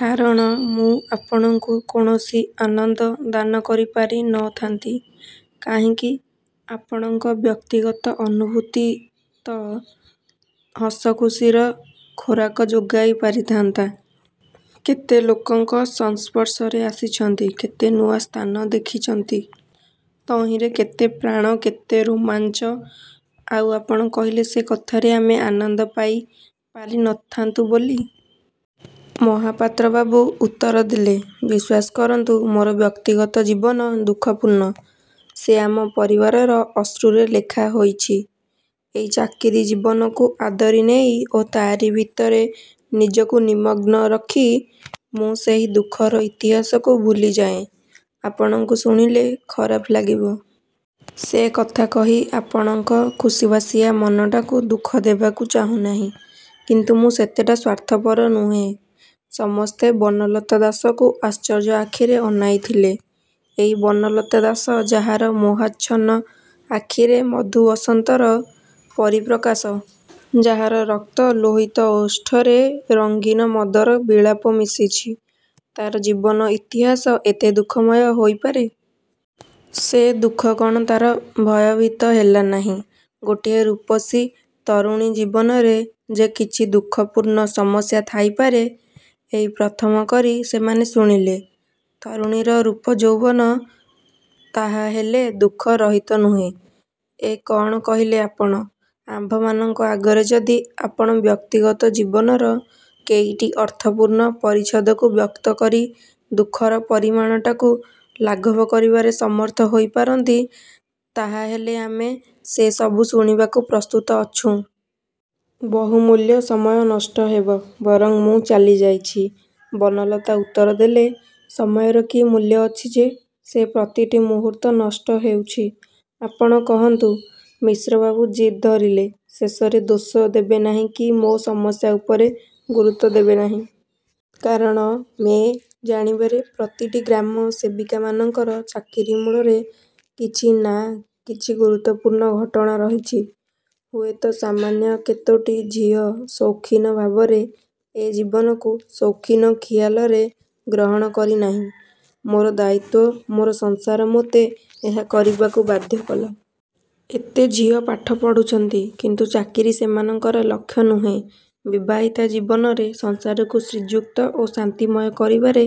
କାରଣ ମୁଁ ଆପଣଙ୍କୁ କୌଣସି ଆନନ୍ଦ ଦାନ କରି ପାରି ନ ଥାନ୍ତି। ' 'କାହିଁକି? ଆପଣଙ୍କ ବ୍ୟକ୍ତିଗତ ଅନୁଭୂତି ତ' ହସଖୁସିର ଖୋରାକ ଯୋଗାଇ ପାରିଥାନ୍ତା! କେତେ ଲୋକଙ୍କ ସଂସ୍ପର୍ଶରେ ଆସିଛନ୍ତି-କେତେ ନୂଆ ସ୍ଥାନ ଦେଖିଛନ୍ତି। ତହିଁରେ କେତେ ପ୍ରାଣ, କେତେ ରୋମାଞ୍ଚ। ଆଉ ଆପଣ କହିଲେ ସେ କଥାରେ ଆମେ ଆନନ୍ଦ ପାଇ ପାରି ନ ଥାନ୍ତୁ ବୋଲି? ' ମହାପାତ୍ରବାବୁ ଉତ୍ତର ଦେଲେ। ''ବିଶ୍ୱାସ କରନ୍ତୁ, ମୋର ବ୍ୟକ୍ତିଗତ ଜୀବନ ଦୁଃଖପୂର୍ଣ୍ଣ। ସେ ଆମ ପରିବାରର ଅଶ୍ରୁରେ ଲେଖା ହୋଇଛି। ଏଇ ଚାକିରି ଜୀବନକୁ ଆଦରି ନେଇ ଓ ତାରି ଭିତରେ ନିଜକୁ ନିମଗ୍ନ ରଖି ମୁଁ ସେହି ଦୁଃଖର ଇତିହାସକୁ ଭୁଲିଯାଏଁ। ଆପଣଙ୍କୁ ଶୁଣିଲେ ଖରାପ ଲାଗିବ। ସେ କଥା କହି ଆପଣଙ୍କ ଖୁସିବାସିଆ ମନଟାକୁ ଦୁଃଖ ଦେବାକୁ ଚାହୁଁ ନାହିଁ। କିନ୍ତୁ ମୁଁ ସେତେଟା ସ୍ୱାର୍ଥପର ନୁହେ। '' ସମସ୍ତେ ବନଲତା ଦାସକୁ ଆଶ୍ଚର୍ଯ୍ୟ ଆଖିରେ ଅନାଇ ଥିଲେ। ଏଇ ବନଲତା ଦାସ, ଯାହାର ମୋହାଚ୍ଛନ୍ନ ଆଖିରେ ମଧୁବସନ୍ତର ପରିପ୍ରକାଶ, ଯାହାର ରକ୍ତ ଲୋହିତ ଓଷ୍ଠରେ ରଙ୍ଗୀନ ମଦର ବିଳାପ ମିଶିଛି, ତାର ଜୀବନ ଇତିହାସ ଏତେ ଦୁଃଖମୟ ହୋଇପାରେ? ସେ ଦୁଃଖ କଣ ତାର ଭୟଭୀତ ହେଲାନାହିଁ? ଗୋଟିଏ ରୂପସୀ ତରୁଣୀ ଜୀବନରେ ଯେ କିଛି ଦୁଃଖପୂର୍ଣ୍ଣ ସମସ୍ୟା ଥାଇପାରେ, ଏଇ ପ୍ରଥମ କରି ସେମାନେ ଶୁଣିଲେ। ତରୁଣୀର ରୂପ ଯୌବନ ତାହାହେଲେ ଦୁଃଖ-ରହିତ ନୁହେ? 'ଏ କଣ କହିଲେ ଆପଣ? ଆମ୍ଭମାନଙ୍କ ଆଗରେ ଯଦି ଆପଣ ବ୍ୟକ୍ତିଗତ ଜୀବନର କେଇଟି ଅର୍ଥପୂର୍ଣ୍ଣ ପରିଚ୍ଛଦକୁ ବ୍ୟକ୍ତ କରି ଦୁଃଖର ପରିମାଣଟାକୁ ଲାଘବ କରିବାରେ ସମର୍ଥ ହୋଇ ପାରନ୍ତି, ତାହାହେଲେ ଆମେ ସେ ସବୁ ଶୁଣିବାକୁ ପ୍ରସ୍ତୁତ ଅଛୁଁ। 'ବହୁମୂଲ୍ୟ ସମୟ ନଷ୍ଟ ହେବ, ବରଂ ମୁଁ ଚାଲିଯାଇଛି। ' ବନଲତା ଉତ୍ତର ଦେଲେ। 'ସମୟର କି ମୂଲ୍ୟ ଅଛି ଯେ? ସେ ପ୍ରତିଟି ମୁହୂର୍ତ୍ତ ନଷ୍ଟ ହେଉଛି। ଆପଣ କହନ୍ତୁ। ' ମିଶ୍ରବାବୁ ଜିଦ୍ ଧରିଲେ। 'ଶେଷରେ ଦୋଷ ଦେବେନାହିଁ କି ମୋ ସମସ୍ୟା ଉପରେ ଗୁରୁତ୍ୱ ଦେବେନାହିଁ। କାରଣ ମେ' ଜାଣିବାରେ ପ୍ରତିଟି ଗ୍ରାମ ସେବିକାମାନଙ୍କର ଚାକିରି ମୂଳରେ କିଛିନାଁ କିଛି ଗୁରୁତ୍ୱପୂର୍ଣ୍ଣ ଘଟଣା ରହିଛି। ହୁଏତ ସାମାନ୍ୟ କେତୋଟି ଝିଅ ସୌଖିନ ଭାବରେ ଏ ଜୀବନକୁ ସୌଖିନ-ଖିଆଲରେ ଗ୍ରହଣ କରିନାହିଁ। ମୋର ଦାୟିତ୍ୱ, ମୋର ସଂସାର ମୋତେ ଏହା କରିବାକୁ ବାଧ୍ୟ କଲା। ଏତେ ଝିଅ ପାଠ ପଢ଼ୁଛନ୍ତି। କିନ୍ତୁ ଚାକିରି ସେମାନଙ୍କର ଲକ୍ଷ ନୁହେଁ। ବିବାହିତା ଜୀବନରେ ସଂସାରକୁ ଶ୍ରୀଯୁକ୍ତ ଓ ଶାନ୍ତିମୟ କରିବାରେ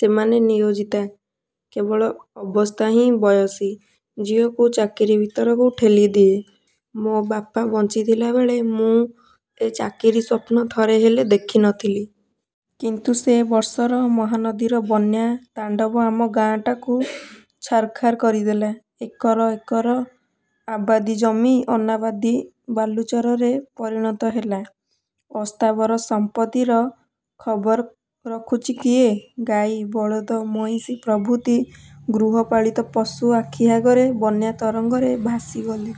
ସେମାନେ ନିୟୋଜିତା। କେବଳ ଅବସ୍ଥାହିଁ ବୟସୀ ଝିଅକୁ ଚାକିରି ଭିତରକୁ ଠେଲିଦିଏ। ମୋ ବାପା ବଞ୍ଚିଥିଲାବେଳେ ମୁଁ ଏ ଚାକିରି ସ୍ୱପ୍ନ ଥରେ ହେଲେ ଦେଖି ନଥିଲି। କିନ୍ତୁ ସେ ବର୍ଷର ମହାନଦୀର ବନ୍ୟା ତାଣ୍ଡବ ଆମ ଗାଁଟାକୁ ଛାରଖାର କରିଦେଲା। ଏକର ଏକର, ଆବାଦୀ-ଜମି, ଅନାବାଦୀ ବାଲୁଚରରେ ପରିଣତ ହେଲା-। ଅସ୍ଥାବର ସଂପତ୍ତିର ଖବର ରଖୁଛି କିଏ? ଗାଈ, ବଳଦ, ମଇଁଷି ପ୍ରଭୃତି ଗୃହପାଳିତ ପଶୁ ଆଖି ଆଗରେ ବନ୍ୟା ତରଙ୍ଗରେ ଭାସିଗଲେ।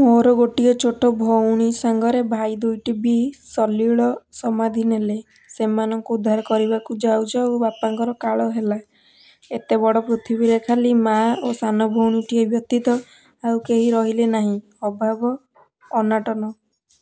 ମୋର ଗୋଟିଏ ଛୋଟ ଭଉଣୀ ସାଙ୍ଗରେ ଭାଇ ଦୁଇଟି ବି ସଲିଳ ସମାଧି ନେଲେ। ସେମାନଙ୍କୁ ଉଦ୍ଧାର କରିବାକୁ ଯାଉ ଯାଉ ବାପାଙ୍କର କାଳ ହେଲା-। ଏତେବଡ଼ ପୃଥିବୀରେ ଖାଲି ମାଆ ଓ ସାନଭଉଣୀଟିଏ ବ୍ୟତୀତ ଆଉ କେହି ରହିଲେ ନାହିଁ-। ଅଭାବ ଅନାଟନ